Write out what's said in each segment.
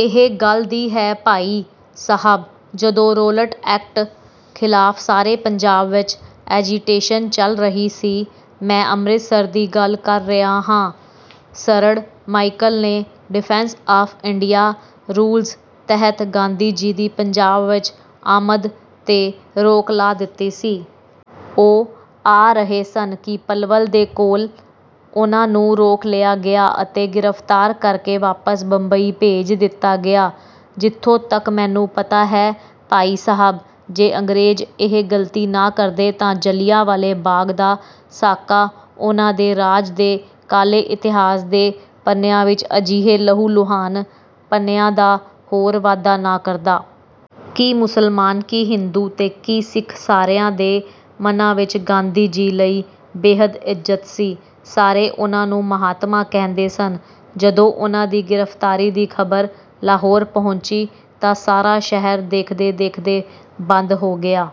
ਇਹ ਗੱਲ ਦੀ ਹੈ ਭਾਈ ਸਾਹਿਬ, ਜਦੋਂ ਰੋਲਟ ਐਕਟ ਖ਼ਿਲਾਫ਼ ਸਾਰੇ ਪੰਜਾਬ ਵਿੱਚ ਐਜੀਟੇਸ਼ਨ ਚੱਲ ਰਹੀ ਸੀ। ਮੈਂ ਅੰਮ੍ਰਿਤਸਰ ਦੀ ਗੱਲ ਕਰ ਰਿਹਾ ਹਾਂ। ਸਰਡ੍ਹ ਮਾਈਕਲ ਨੇ ਡਿਫੈਂਸ ਆਫ਼ ਇੰਡੀਆ ਰੂਲਜ਼ ਤਹਿਤ ਗਾਂਧੀ ਜੀ ਦੀ ਪੰਜਾਬ ਵਿੱਚ ਆਮਦ 'ਤੇ ਰੋਕ ਲਾ ਦਿੱਤੀ ਸੀ। ਉਹ ਆ ਰਹੇ ਸਨ ਕਿ ਪਲਵਲ ਦੇ ਕੋਲ ਉਨ੍ਹਾਂ ਨੂੰ ਰੋਕ ਲਿਆ ਗਿਆ ਅਤੇ ਗ੍ਰਿਫ਼ਤਾਰ ਕਰਕੇ ਵਾਪਸ ਬੰਬਈ ਭੇਜ ਦਿੱਤਾ ਗਿਆ। ਜਿੱਥੋਂ ਤੱਕ ਮੈਨੂੰ ਪਤਾ ਹੈ ਭਾਈ ਸਾਹਿਬ, ਜੇ ਅੰਗਰੇਜ਼ ਇਹ ਗ਼ਲਤੀ ਨਾ ਕਰਦੇ ਤਾਂ ਜਲ੍ਹਿਆਂ ਵਾਲੇ ਬਾਗ਼ ਦਾ ਸਾਕਾ ਉਨ੍ਹਾਂ ਦੇ ਰਾਜ ਦੇ ਕਾਲੇ ਇਤਿਹਾਸ ਦੇ ਪੰਨਿਆਂ ਵਿੱਚ ਅਜਿਹੇ ਲਹੂ-ਲੁਹਾਨ ਪੰਨਿਆਂ ਦਾ ਹੋਰ ਵਾਧਾ ਨਾ ਕਰਦਾ। ਕੀ ਮੁਸਲਮਾਨ, ਕੀ ਹਿੰਦੂ ਤੇ ਕੀ ਸਿੱਖ ਸਾਰਿਆਂ ਦੇ ਮਨਾਂ ਵਿੱਚ ਗਾਂਧੀ ਜੀ ਲਈ ਬੇਹੱਦ ਇੱਜ਼ਤ ਸੀ। ਸਾਰੇ ਉਨ੍ਹਾਂ ਨੂੰ ਮਹਾਤਮਾ ਕਹਿੰਦੇ ਸਨ। ਜਦੋਂ ਉਨ੍ਹਾਂ ਦੀ ਗ੍ਰਿਫ਼ਤਾਰੀ ਦੀ ਖ਼ਬਰ ਲਾਹੌਰ ਪਹੁੰਚੀ ਤਾਂ ਸਾਰਾ ਸ਼ਹਿਰ ਦੇਖਦੇ-ਦੇਖਦੇ ਬੰਦ ਹੋ ਗਿਆ।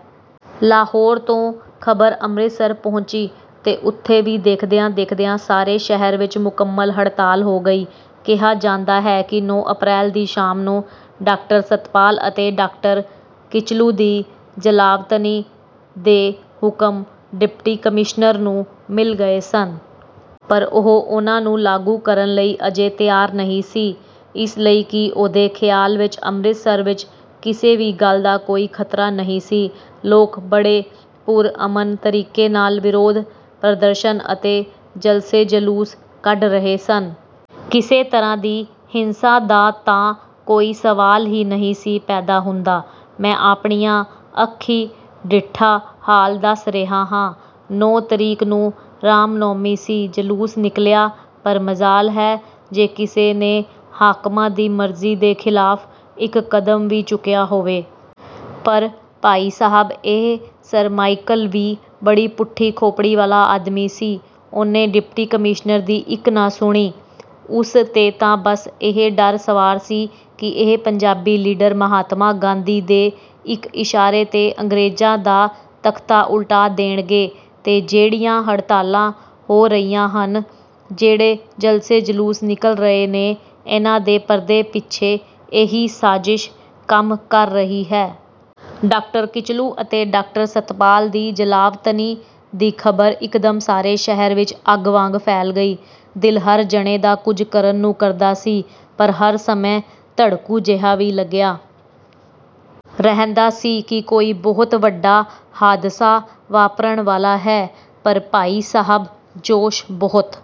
ਲਾਹੌਰ ਤੋਂ ਖ਼ਬਰ ਅੰਮ੍ਰਿਤਸਰ ਪਹੁੰਚੀ ਤੇ ਉੱਥੇ ਵੀ ਦੇਖਦਿਆਂ-ਦੇਖਦਿਆਂ ਸਾਰੇ ਸ਼ਹਿਰ ਵਿੱਚ ਮੁਕੰਮਲ ਹੜਤਾਲ ਹੋ ਗਈ। ਕਿਹਾ ਜਾਂਦਾ ਹੈ ਕਿ ਨੌਂ ਅਪ੍ਰੈਲ ਦੀ ਸ਼ਾਮ ਨੂੰ ਡਾਕਟਰ ਸੱਤਪਾਲ ਅਤੇ ਡਾਕਟਰ ਕਿਚਲੂ ਦੀ ਜਲਾਵਤਨੀ ਦੇ ਹੁਕਮ ਡਿਪਟੀ ਕਮਿਸ਼ਨਰ ਨੂੰ ਮਿਲ ਗਏ ਸਨ। ਪਰ ਉਹ ਉਨ੍ਹਾਂ ਨੂੰ ਲਾਗੂ ਕਰਨ ਲਈ ਅਜੇ ਤਿਆਰ ਨਹੀਂ ਸੀ। ਇਸ ਲਈ ਕਿ ਉਹਦੇ ਖਿਆਲ ਵਿੱਚ ਅੰਮ੍ਰਿਤਸਰ ਵਿੱਚ ਕਿਸੇ ਵੀ ਗੱਲ ਦਾ ਕੋਈ ਖ਼ਤਰਾ ਨਹੀਂ ਸੀ। ਲੋਕ ਬੜੇ ਪੁਰ-ਅਮਨ ਤਰੀਕੇ ਨਾਲ ਵਿਰੋਧ ਪ੍ਰਦਰਸ਼ਨ ਅਤੇ ਜਲਸੇ-ਜਲੂਸ ਕੱਢ ਰਹੇ ਸਨ। ਕਿਸੇ ਤਰ੍ਹਾਂ ਦੀ ਹਿੰਸਾ ਦਾ ਤਾਂ ਕੋਈ ਸਵਾਲ ਹੀ ਨਹੀਂ ਸੀ ਪੈਦਾ ਹੁੰਦਾ। ਮੈਂ ਆਪਣੀਆਂ ਅੱਖੀਂ ਡਿੱਠਾ ਹਾਲ ਦੱਸ ਰਿਹਾ ਹਾਂ। ਨੌਂ ਤਰੀਕ ਨੂੰ ਰਾਮਨੌਮੀ ਸੀ। ਜਲੂਸ ਨਿਕਲਿਆ ਪਰ ਮਜਾਲ ਹੈ ਜੇ ਕਿਸੇ ਨੇ ਹਾਕਮਾਂ ਦੀ ਮਰਜ਼ੀ ਦੇ ਖ਼ਿਲਾਫ਼ ਇੱਕ ਕਦਮ ਵੀ ਚੁੱਕਿਆ ਹੋਵੇ। ਪਰ ਭਾਈ ਸਾਹਿਬ ਇਹ ਸਰ ਮਾਈਕਲ ਵੀ ਬੜੀ ਪੁੱਠੀ ਖੋਪੜੀ ਵਾਲਾ ਆਦਮੀ ਸੀ। ਉਹਨੇ ਡਿਪਟੀ ਕਮਿਸ਼ਨਰ ਦੀ ਇੱਕ ਨਾ ਸੁਣੀ। ਉਸ 'ਤੇ ਤਾਂ ਬਸ ਇਹ ਡਰ ਸਵਾਰ ਸੀ ਕਿ ਇਹ ਪੰਜਾਬੀ ਲੀਡਰ ਮਹਾਤਮਾ ਗਾਂਧੀ ਦੇ ਇੱਕ ਇਸ਼ਾਰੇ 'ਤੇ ਅੰਗਰੇਜ਼ਾਂ ਦਾ ਤਖ਼ਤਾ ਉਲਟਾ ਦੇਣਗੇ ਤੇ ਜਿਹੜੀਆਂ ਹੜਤਾਲਾਂ ਹੋ ਰਹੀਆਂ ਹਨ, ਜਿਹੜੇ ਜਲਸੇ-ਜਲੂਸ ਨਿਕਲ ਰਹੇ ਨੇ, ਇਹਨਾਂ ਦੇ ਪਰਦੇ ਪਿੱਛੇ ਇਹੀ ਸਾਜ਼ਿਸ਼ ਕੰਮ ਕਰ ਰਹੀ ਹੈ। ਡਾਕਟਰ ਕਿਚਲੂ ਅਤੇ ਡਾਕਟਰ ਸੱਤਪਾਲ ਦੀ ਜਲਾਵਤਨੀ ਦੀ ਖ਼ਬਰ ਇੱਕਦਮ ਸਾਰੇ ਸ਼ਹਿਰ ਵਿੱਚ ਅੱਗ ਵਾਂਗ ਫੈਲ ਗਈ। ਦਿਲ ਹਰ ਜਣੇ ਦਾ ਕੁਝ ਕਰਨ ਨੂੰ ਕਰਦਾ ਸੀ ਪਰ ਹਰ ਸਮੇਂ ਧੜਕੂ ਜਿਹਾ ਵੀ ਲੱਗਿਆ ਰਹਿੰਦਾ ਸੀ ਕਿ ਕੋਈ ਬਹੁਤ ਵੱਡਾ ਹਾਦਸਾ ਵਾਪਰਨ ਵਾਲਾ ਹੈ, ਪਰ ਭਾਈ ਸਾਹਿਬ ਜੋਸ਼ ਬਹੁਤ